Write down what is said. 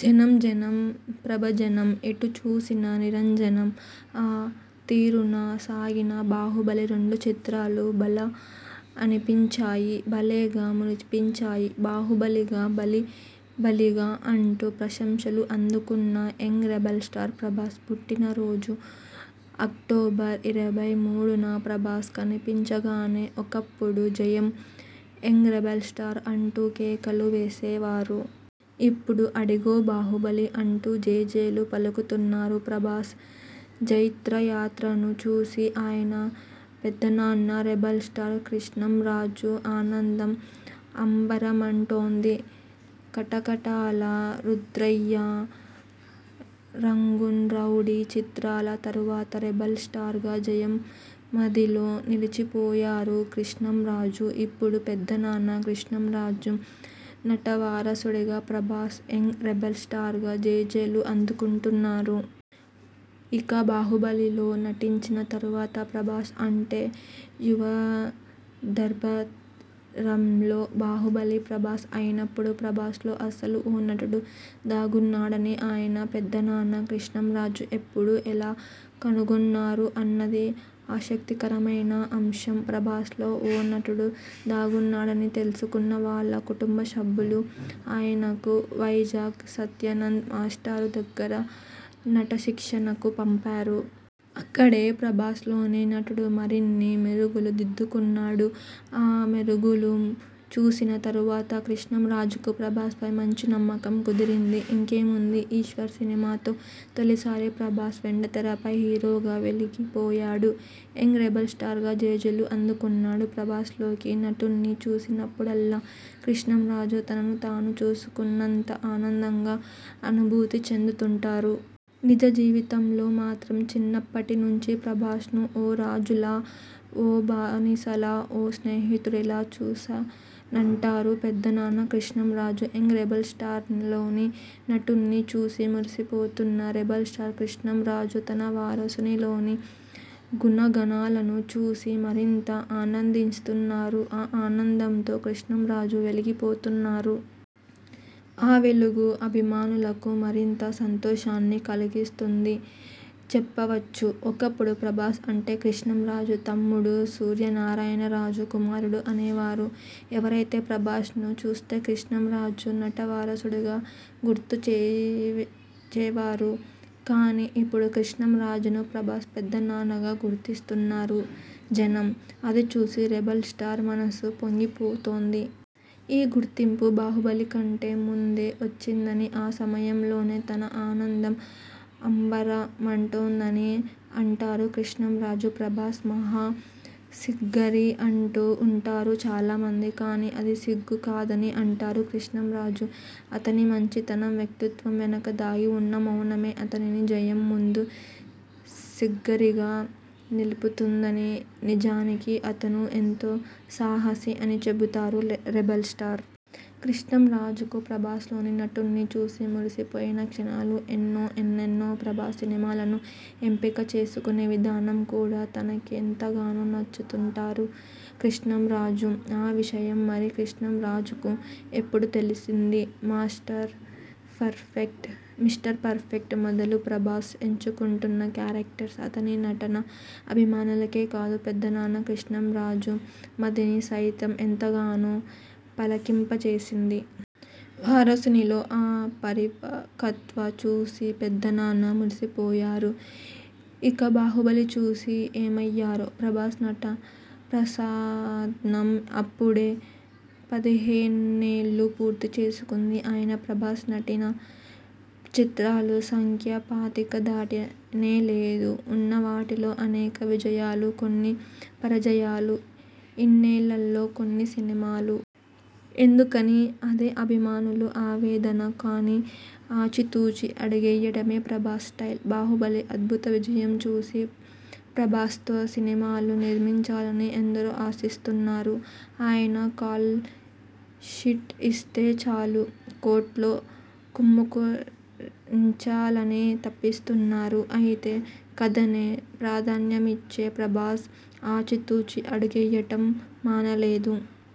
జనం జనం ప్రభంజనం. ఎటు చూసిన నీరాజనం. ఆ తీరున సాగిన 'బాహుబలి' రెండు చిత్రాలు భళా అనిపించాయి. భలేగా మురిపించాయి. 'బాహుబలి'గా భళి భళిరా అంటూ ప్రశంసలు అందుకున్న యంగ్ రెబల్ స్టార్ ప్రభాస్ పుట్టినరోజు అక్టోబర్ ఇరవై మూడు న. ప్రభాస్ కనిపించగానే ఒకప్పుడు జనం 'యంగ్ రెబల్ స్టార్' అంటూ కేకలు వేసేవారు. ఇప్పుడు 'అడుగో బాహుబలి' అంటూ జేజేలు పలుకుతున్నారు. ప్రభాస్ జైత్రయాత్రను చూసి ఆయన పెదనాన్న రెబల్ స్టార్ కృష్ణంరాజు ఆనందం అంబరమంటుతోంది. 'కటకటాల రుద్రయ్య, రంగూన్ రౌడీ' చిత్రాల తరువాత 'రెబల్ స్టార్'గా జనం మదిలో నిలచిపోయారు కృష్ణంరాజు. ఇప్పుడు పెదనాన్న కృష్టంరాజు నటవారసుడిగా ప్రభాస్ 'యంగ్ రెబల్ స్టార్'గా జేజేలు అందుకుంటున్నాడు. ఇక 'బాహుబలి'లో నటించిన తరువాత ప్రభాస్ అంటే యావ ద్భార తంలో 'బాహుబలి' ప్రభాస్ అయిపోయాడు. ప్రభాస్ లో అసలు ఓ నటుడు దాగున్నాడని ఆయన పెదనాన్న కృష్ణంరాజు ఎప్పుడు ఎలా కనుగొన్నారు అన్నది ఆసక్తికరమైన అంశం. ప్రభాస్ లో ఓ నటుడు దాగున్నాడని తెలుసుకున్న వాళ్ళ కుటుంబసభ్యులు ఆయనను వైజాగ్ సత్యానంద్ మాస్టారు దగ్గర నటశిక్షణకు పంపారు. అక్కడే ప్రభాస్లోని నటుడు మరిన్ని మెరుగులు దిద్దుకున్నాడు. ఆ మెరుగులు చూసిన తరువాత కృష్ణంరాజుకు ప్రభాస్ పై మంచి నమ్మకం కుదిరింది. ఇంకేముంది 'ఈశ్వర్' సినిమాతో తొలిసారి ప్రభాస్ వెండితెరపై హీరోగా వెలిగిపోయాడు. 'యంగ్ రెబల్ స్టార్'గా జేజేలు అందుకున్నాడు. ప్రభాస్ లోని నటుణ్ణి చూసినపుడల్లా కృష్ణంరాజు తనను తాను చూసుకున్నంత ఆనందంగా అనుభూతి చెందుతుంటారు. నిజ జీవితంలో మాత్రం చిన్నప్పటి నుంచీ ప్రభాస్ ను ఓ రాజులా, ఓ బానిసలా, ఓ స్నేహితునిలా చూశానంటారు పెదనాన్న కృష్ణంరాజు. యంగ్ రెబల్ స్టార్లోని నటుణ్ణి చూసి మురిసిపోతున్న రెబల్ స్టార్ కృష్ణంరాజు తన వారసునిలోని గుణగణాలను చూసి మరింత ఆనందిస్తున్నారు. ఆ ఆనందంతో కృష్ణంరాజు వెలిగిపోతున్నారు. ఆ వెలుగు అభిమానులకు మరింత సంతోషాన్ని కలిగిస్తుందని చెప్పవచ్చు. ఒకప్పుడు ప్రభాస్ అంటే కృష్ణంరాజు తమ్ముడు సూర్యనారాయణరాజు కుమారుడు అనేవారు. ఎవరైనా ప్రభాస్ ను చూస్తే కృష్ణంరాజు నటవారసుడుగా గుర్తించేపారు. కానీ, ఇప్పుడు కృష్ణంరాజును 'ప్రభాస్ పెదనాన్న'గా గుర్తిస్తున్నరు జనం. అది చూసి రెబల్ స్టార్ మనసు పొంగిపోతోంది. ఈ గుర్తింపు 'బాహుబలి' కంటే ముందే వచ్చిందని, ఆ సమయంలోనే తన ఆనందం అంబరమంటిందని అంటారు కృష్ణంరాజు. ప్రభాస్ మహా సిగ్గరి అంటూ ఉంటారు చాలామంది. కానీ అది సిగ్గు కాదని అంటారు కృష్ణంరాజు. అతని మంచితనం, వ్యక్తిత్వం వెనక దాగి ఉన్న మౌనమే అతనిని జనం ముందు సిగ్గరిగా నిలుపుతుదని, నిజానికి అతను ఎంతో సాహసి అని చెబుతారు రెబల్ స్టార్. కృష్ణంరాజుకు ప్రభాస్ లోని నటుణ్ణి చూసి మురిసిపోయిన క్షణాలు ఎన్నో ఎన్నెన్నో. ప్రభాస్ సినిమాలను ఎంపిక చేసుకొనే విధానం కూడా తనకెంతగానో నచ్చిందటారు కృష్ణంరాజు. ఆ విషయం మరి కృష్ణంరాజుకు ఎప్పుడు తెలిసింది?. Master perfect mister perfect' మొదలు ప్రభాస్ ఎంచుకుంటున్న కేరెక్టర్స్, అతని నటన అభిమానులకే కాదు పెదనాన్న కృష్ణంరాజు మదిని సైతం ఎంతగానో పలకింప చేసింది. వారసునిలో ఆ పరిపక్వత చూసి పెదనాన్న మురిసిపోయారు. ఇక 'బాహుబలి' చూసి ఏమయ్యారో? ప్రభాస్ నటప్రస్థానం అప్పుడే పదిహేనేళ్ళు పూర్తి చేసుకుంది. అయినా ప్రభాస్ నటించిన చిత్రాల సంఖ్య పాతిక దాటనే లేదు. ఉన్న వాటిలో అనేక విజయాలు, కొన్ని పరాజయాలు. ఇన్నేళ్ళలో కొన్నే సినిమాలు. ఎందుకని?. అదే అభిమానుల ఆవేదన. కానీ, ఆచి తూచి అడుగేయడమే ప్రభాస్ స్టైల్. 'బాహుబలి అద్భుత విజయం చూసి ప్రభాస్తో సినిమాలు నిర్మించాలని ఎందరో ఆశిస్తున్నారు. ఆయన కాల్ షీట్ ఇస్తే చాలు కోట్లు కుమ్మరించాలనీ తపిస్తున్నారు. అయితే కథకే ప్రాధాన్యమిచ్చే ప్రభాస్ ఆచి తూచి అడుగేయడం మానలేదు.